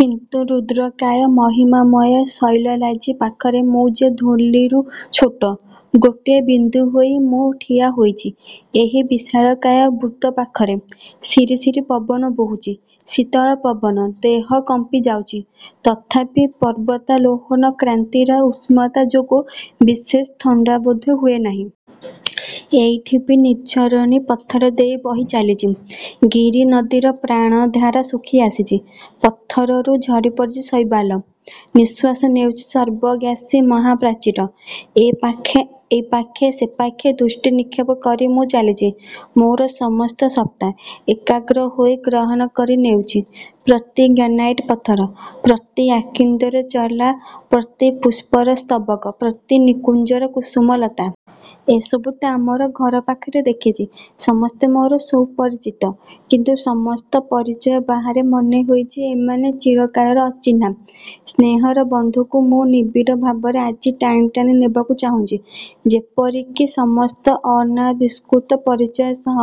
କିନ୍ତୁ ରୁଦ୍ରକାୟ-ମହିମାମୟ ଶୈଳରାଜି ପାଖରେ ମୁଁ ଯେ ଧୂଳିଠୁ ଛୋଟ! ଗୋଟିଏ ବିନ୍ଦୁ ହୋଇ ମୁଁ ଠିଆ ହୋଇଛି ଏହି ବିଶାଳକାୟ ବୃତ୍ତ ପାଖରେ। ସିରିସିରି ପବନ ବହୁଚି, ଶୀତଳ ପବନ, ଦେହ କମ୍ପିଯାଉଛି–ତଥାପି ପର୍ବତାରୋହଣ କ୍ଲାନ୍ତିର ଉଷ୍ଣତା ଯୋଗୁଁ ବିଶେଷ ଥଣ୍ଡା ବୋଧ ହେଉ ନାହିଁ। ଏଇଠି ବି ନିର୍ଝରଣୀ ପଥର ଦେଇ ବହି ଚାଲିଚି। ଗିରିନଦୀର ପ୍ରାଣଧାରା ଶୁଖିଆସିଚି-। ପଥରରୁ ଝରିପଡ଼ିଚି ଶୈବାଳ। ନିଃଶ୍ୱାସ ନେଉଛି ସର୍ବଗ୍ରାସୀ ମହାପ୍ରାଚୀର। ଏ ପାଖେ ସେପାଖେ ଦୃଷ୍ଟି ନିକ୍ଷେପ କରି ମୁଁ ଚାଲିଚି। ମୋର ସମସ୍ତ ସତ୍ତା, ଏକାଗ୍ର ହୋଇ ଗ୍ରହଣ କରି ନେଉଛି ପ୍ରତି ଗ୍ରାନାଇଟ ପଥର, ପ୍ରତି ଆର୍କିଡ଼ର ଚାରା, ପ୍ରତି ପୁଷ୍ପର ସ୍ତବକ, ପ୍ରତି ନିକୁଞ୍ଜର କୁସୁମଲତା। ଏସବୁ ତ ଆମର ଘର ପାଖରେ ଦେଖିଚି। ସମସ୍ତେ ମୋର ସୁପରିଚିତ। କିନ୍ତୁ ସମସ୍ତ ପରିଚୟ ବାହାରେ ମନେ ହେଉଛି ଏମାନେ ଚିରକାଳର ଅଚିହ୍ନା। ସ୍ନେହର ବନ୍ଧୁଙ୍କୁ ମୁଁ ନିବିଡ଼ ଭାବରେ ଆଜି ଟାଣି ଟାଣି ନେବାକୁ ଚାହୁଁଚି ଯେପରିକି ସମସ୍ତ ଅନାବିଷ୍କୃତ ପରିଚୟ ସହ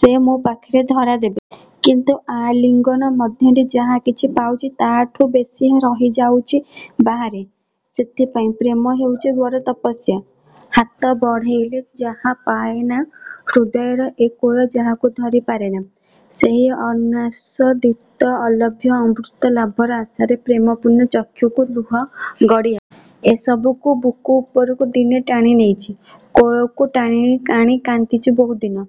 ସେ ମୋ ପାଖରେ ଧରା ଦେବେ। କିନ୍ତୁ ଆଲିଙ୍ଗନ ମଧ୍ୟରେ ଯାହା କିଛି ପାଉଛି ତାଠୁ ବେଶୀ ରହିଯାଉଛି ବାହାରେ। ସେଥିପାଇଁ ପ୍ରେମ ହେଉଛି ବଡ଼ ତପସ୍ୟା। ହାତ ବଢ଼େଇଲେ ଯାହା ପାଏନା–ହୃଦୟର ଏ କୂଳ ଯାହାକୁ ଧରି ପାରେନା। ସେହି ଅନାସ୍ୱ ଦିତ ଅଲଭ୍ୟ ଅମୃତ ଲାଭର ଆଶାରେ ପ୍ରେମପୂର୍ଣ୍ଣ ଚକ୍ଷୁରୁ ଲୁହ ଗଡ଼ିଆସେ। ଏସବୁକୁ ବୁକୁ ଉପରକୁ ଦିନେ ଟାଣି ନେଇଛି, କୋଳକୁ ଟାଣି ଆଣି କାନ୍ଦିଚି ବହୁଦିନ।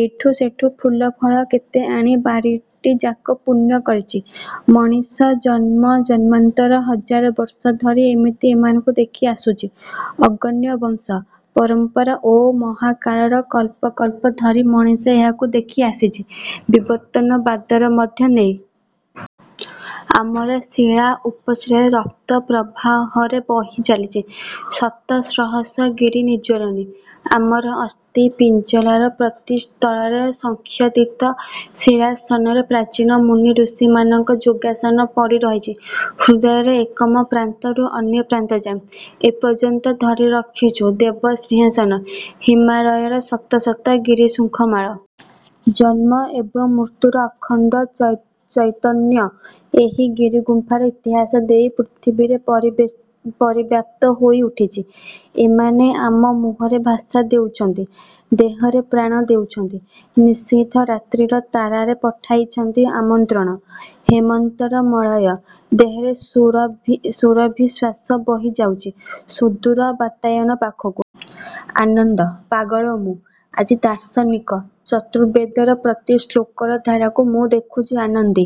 ଏଠୁ ସେଠୁ ଫୁଲ ଫଳ କେତେ ଆଣି ବାଡ଼ିଟିଯାକ ପୂର୍ଣ୍ଣ କରିଚି। ମଣିଷ ଜନ୍ମଜନ୍ମାନ୍ତର ହଜାର ବର୍ଷ ଧରି ଏମିତି ଏମାନଙ୍କୁ ଦେଖି ଆସୁଛି। ଅଗଣ୍ୟ ବଂଶ ପରମ୍ପରା ଓ ମହାକାଳର କଳ୍ପ କଳ୍ପ ଧରି ମଣିଷ ଏହାକୁ ଦେଖି ଆସିଛି ବିବର୍ତ୍ତନବାଦର ମଧ୍ୟ ଦେଇ-। ଆମର ଶିରା ଉପଶିରାରେ ରକ୍ତ ପ୍ରବାହରେ ବହି ଚାଲିଚି ଶତ ସହସ୍ର ଗିରି ନିର୍ଝରଣୀ। ଆମର ଅସ୍ଥି ପିଞ୍ଜରାର ପ୍ରତି ସ୍ତରରେ ସଂଖ୍ୟାତୀତ ଶୀଳାସନରେ ପ୍ରାଚୀନ ମୁନି ଋଷିମାନଙ୍କ ଯୋଗାସନ ପଡ଼ି ରହିଛି ହୃଦୟର ଏକମ ପ୍ରାନ୍ତରୁ ଅନ୍ୟ ପ୍ରାନ୍ତଯାଏ। ଏପର୍ଯ୍ୟନ୍ତ ଧରି ରଖିଛୁ ଦେବ ସିଂହାସନ ହିମାଳୟର ଶତ ଶତ ଗିରିଶୃଙ୍ଗମାଳା। ଜନ୍ମ ଏବଂ ମୃତ୍ୟୁର ଅଖଣ୍ଡ ଚୈତନ୍ୟ ଏହି ଗିରିଗୁମ୍ପାର ଇତିହାସ ଦେଇ ପୃଥିବୀରେ ପରିବ୍ୟାପ୍ତ ହୋଇ ଉଠିଛି–ଏଇମାନେ ଆମ ମୁହଁରେ ଭାଷା ଦେଉଚନ୍ତି, ଦେହରେ ପ୍ରାଣ ଦେଉଛନ୍ତି। ନିଶିଥ ରାତ୍ରୀର ତାରାରେ ପଠାଇଛନ୍ତି ଆମନ୍ତ୍ରଣ; ହେମନ୍ତର ମଳୟ ଦେହରେ ସୁରଭିଶ୍ୱାସ ବହିଯାଉଛି ସୁଦୂର ବାତାୟନ ପାଖକୁ। ଆନନ୍ଦ-ପାଗଳ ମୁଁ। ଆଜି ଦାର୍ଶନିକ। ଚତୁର୍ବେଦର ପ୍ରତି ଶ୍ଳୋକର ଧାରାକୁ ମୁଁ ଦେଖୁଛି ଅନାଦି,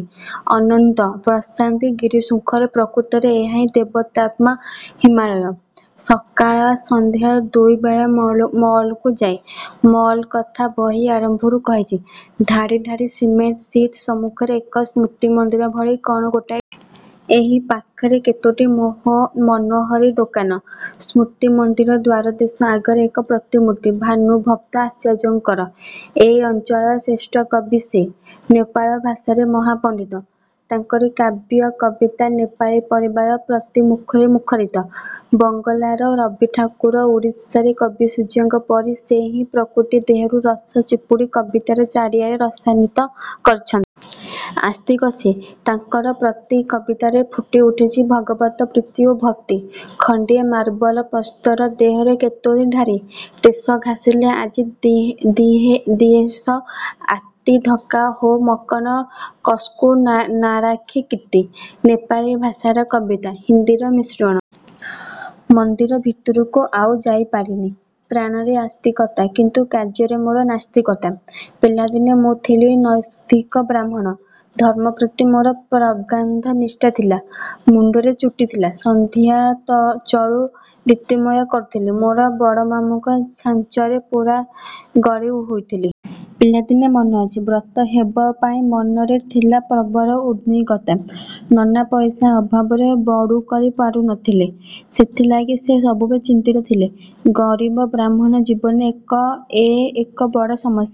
ଅନନ୍ତ, ପ୍ରଶାନ୍ତି ଗିରିଶୃଙ୍ଗରେ। ପ୍ରକୃତରେ ଏହାହିଁ ଦେବତାତ୍ମା ହିମାଳୟ। ସକାଳା ସନ୍ଧ୍ୟା ଦୁଇବେଳା ମଲକୁ ଯାଏ। ମଲ୍ କଥା ବହି ଆରମ୍ଭରୁ କହିଛି। ଧାଡ଼ି ଧାଡ଼ି ସିମେଣ୍ଟ ସିଟ। ସମ୍ମୁଖରେ ଏକ ସ୍ମୃତି ମନ୍ଦିର ଭଳି କ'ଣ ଗୋଟାଏ ଘର। ଏକ ପାଖରେ କେତୋଟି ମନୋହରୀ ଦୋକାନ। ସ୍ମୃତି ମନ୍ଦିର ଦ୍ୱାରଦେଶ ଆଗରେ ଏକ ପ୍ରତିମୂର୍ତ୍ତି ଭାନୁଭକ୍ତ ଆଚାର୍ଯ୍ୟଙ୍କର। ଏ ଅଞ୍ଚଳର ଶ୍ରେଷ୍ଠ କବି ସେ। ନେପାଳ ଭାଷାରେ ମହାପଣ୍ଡିତ। ତାଙ୍କରି କାବ୍ୟ କବିତା ନେପାଳୀ ପରିବାରର ପ୍ରତି ମୁଖରେ ମୁଖରିତ। ବଙ୍ଗଳାର ରବିଠାକୁର, ଓଡ଼ିଶାରେ କବିସୂର୍ଯ୍ୟଙ୍କ ପରି ସେ ଏହି ପ୍ରକୃତି ଦେହରୁ ରସ ଚିପୁଡ଼ି କବିତାର ଚାରିଆଡ଼େ ରସାଣିତ କରିଛନ୍ତି। ଆସ୍ତିକ ସେ। ତାଙ୍କର ପ୍ରତି କବିତାରେ ଫୁଟି ଉଠିଛି ଭଗବତ ପ୍ରୀତି ଓ ଭକ୍ତି। ଖଣ୍ଡିଏ ମାର୍ବଲ ପ୍ରସ୍ତର ଦେହରେ କେତୋଟି ଧାଡ଼ି– ''ତେସ ଘାଁସିଲେ ଆଜି ଦିୟେଛ ଆର୍ତ୍ତୀ ଧକ୍କା ହୋ ମକନ କସ୍କୁ ନାରାଖି କୀର୍ତ୍ତି। '' ନେପାଳୀ ଭାଷାର କବିତା। ହିନ୍ଦୀର ମିଶ୍ରଣ। ମନ୍ଦିର ଭିତରକୁ ଆଉ ଯାଇ ପାରିନି। ପ୍ରାଣରେ ଆସ୍ତିକତା କିନ୍ତୁ କାର୍ଯ୍ୟରେ ମୋର ନାସ୍ତିକତା। ପିଲାଦିନେ ମୁଁ ଥିଲି ନୈଷ୍ଠିକ ବ୍ରାହ୍ମଣ। ଧର୍ମ ପ୍ରତି ମୋର ପ୍ରଗାଢ଼ ନିଷ୍ଠା ଥିଲା। ମୁଣ୍ତରେ ଚୁଟି ଥିଲା। ସନ୍ଧ୍ୟା ଚଳୁ ରୀତିମତ କରୁଥିଲି। ମୋର ବଡ଼ମାମୁଁଙ୍କ ଛାଞ୍ଚରେ ପୂରା ଗଢ଼ି ହୋଇଥିଲି। ପିଲାଦିନେ ମନେଅଛି ବ୍ରତ ହେବ ପାଇଁ ମନରେ ଥିଲା ପ୍ରବଳ ଉଦ୍ବିଗ୍ନତା। ନନା ପଇସା ଅଭାବରେ ବଡ଼ୁ କରି ପାରୁ ନଥିଲେ, ସେଥିଲାଗି ସେ ସବୁବେଳେ ଚିନ୍ତିତ ଥିଲେ। ଗରିବ ବ୍ରାହ୍ମଣ ଜୀବନରେ ଏ ଏକ ବଡ଼ ସମସ୍ୟା।